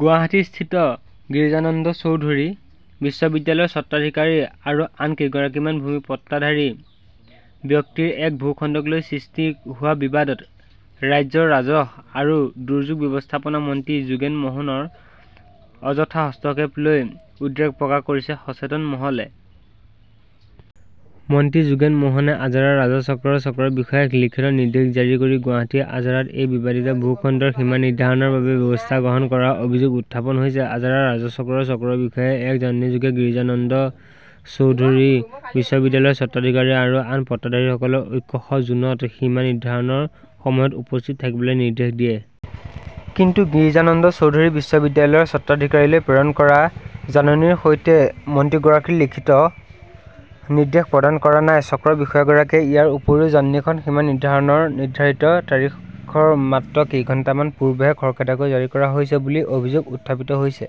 গুৱাহাটীস্থিত গিৰিজানন্দ চৌধুৰী বিশ্ববিদ্যালয়ৰ স্বত্বাধিকাৰী আৰু আন কেইগৰাকীমান ভূমি পট্টাধাৰী ব্যক্তিৰ এক ভূখণ্ডক লৈ সৃষ্টি হোৱা বিবাদত ৰাজ্যৰ ৰাজহ আৰু দুৰ্যোগ ব্যৱস্থাপনা মন্ত্ৰী যোগেন মহনৰ অযথা হস্তক্ষেপক লৈ উদ্বেগ প্ৰকাশ কৰিছে সচেতন মহলে। মন্ত্ৰী যোগেন মোহনে আজাৰা ৰাজহ চক্ৰৰ চক্ৰ বিষয়াক লিখিত নিৰ্দেশ জাৰি কৰি গুৱাহাটীৰ আজাৰাত এই বিবাদিত ভূখণ্ডৰ সীমা নিৰ্ধাৰণৰ বাবে ব্যৱস্থা গ্ৰহণ কৰাৰ অভিযোগ উত্থাপন হৈছে। আজাৰা ৰাজহ চক্ৰৰ চক্ৰ বিষয়াই এক জাননীযোগে গিৰিজানন্দ চৌধুৰী বিশ্ববিদ্যালয়ৰ স্বত্বাধিকাৰী আৰু আন পট্টাধাৰীসকলক একৈশ জুনত সীমা নিৰ্ধাৰণৰ সময়ত উপস্থিত থাকিবলৈ নিৰ্দেশ দিয়ে। কিন্তু গিৰিজানন্দ চৌধুৰী বিশ্ববিদ্যালয়ৰ স্বত্বাধিকাৰীলৈ প্ৰেৰণ কৰা জাননীৰ সৈতে মন্ত্ৰীগৰাকীৰ লিখিত নিৰ্দেশ প্ৰদান কৰা নাই চক্ৰ বিষয়াগৰাকীয়ে। ইয়াৰ উপৰিও জাননীখন সীমা নিৰ্ধাৰণৰ নিৰ্ধাৰিত তাৰিখৰ মাত্ৰ কেইঘণ্টামান পূৰ্বেহে খৰখেদাকৈ জাৰি কৰা হৈছে বুলিও অভিযোগ উত্থাপিত হৈছে।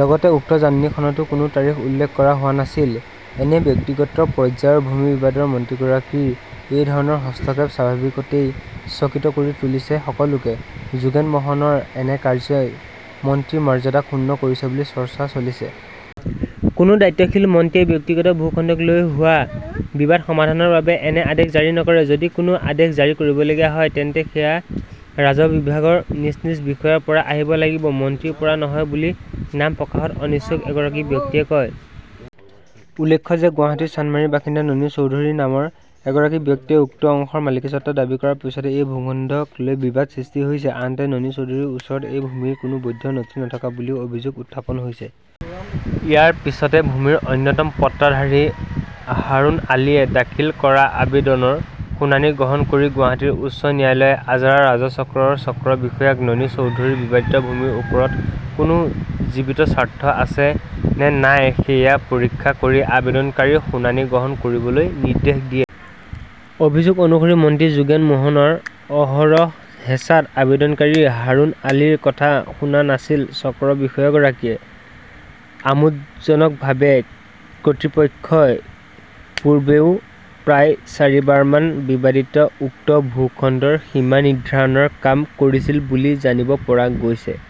লগতে উক্ত জাননীখনতো কোনো তাৰিখ উল্লেখ কৰা হোৱা নাছিল। এনে ব্যক্তিগত পৰ্যায়ৰ ভূমি বিবাদত মন্ত্ৰীগৰাকীৰ এইধৰণৰ হস্তক্ষেপে স্বাভাৱিকতেই চকিত কৰি তুলিছে সকলোকে। যোগেন মহনৰ এনে কাৰ্যই মন্ত্ৰীৰ মৰ্যাদা ক্ষুণ্ণ কৰিছে বুলিও চৰ্চা চলিছে। কোনো দায়িত্বশীল মন্ত্ৰীয়ে ব্যক্তিগত ভূখণ্ডক লৈ হোৱা বিবাদ সমাধানৰ বাবে এনে আদেশ জাৰি নকৰে, যদি কোনো আদেশ জাৰি কৰিবলগীয়া হয় তেন্তে সেয়া ৰাজহ বিভাগৰ নিজ নিজ বিষয়াৰ পৰা আহিব লাগিব, মন্ত্ৰীৰ পৰা নহয় বুলি নাম প্ৰকাশত অনিচ্ছুক এগৰাকী ব্যক্তিয়ে কয়। উল্লেখ্য যে গুৱাহাটীৰ চানমাৰীৰ বাসিন্দা ননী চৌধুৰী নামৰ এগৰাকী ব্যক্তিয়ে উক্ত অংশৰ মালিকীস্বত্ব দাবী কৰাৰ পিছতে এই ভূখণ্ডক লৈ বিবাদৰ সৃষ্টি হৈছে। আনহাতে ননী চৌধুৰীৰ ওচৰত এই ভূমিৰ কোনো বৈধ নথি নথকা বুলিও অভিযোগ উত্থাপন হৈছে। ইয়াৰ পিছতে ভূমিৰ অন্যতম পট্টাধাৰী হাৰুণ আলীয়ে দাখিল কৰা আবেদনৰ শুনানি গ্ৰহণ কৰি গুৱাহাটী উচ্চ ন্যায়ালয়ে আজাৰা ৰাজহ চক্ৰৰ চক্ৰ বিষয়াক ননী চৌধুৰীৰ বিবাদিত ভূমিৰ ওপৰত কোনো জীৱিত স্বাৰ্থ আছে নে নাই সেয়া পৰীক্ষা কৰি আবেদনকাৰীৰ শুনানি গ্ৰহণ কৰিবলৈ নিৰ্দেশ দিয়ে। অভিযোগ অনুসৰি মন্ত্ৰী যোগেন মোহনৰ অহৰহ হেঁচাত আবেদনকাৰী হাৰুণ আলীৰ কথা শুনা নাছিল চক্ৰ বিষয়াগৰাকীয়ে। আমোদজনকভাৱে কৰ্তৃপক্ষই পূৰ্বেও প্ৰায় চাৰিবাৰমান বিবাদিত উক্ত ভূখণ্ডৰ সীমা নিৰ্ধাৰণৰ কাম কৰিছিল বুলি জানিব পৰা গৈছে।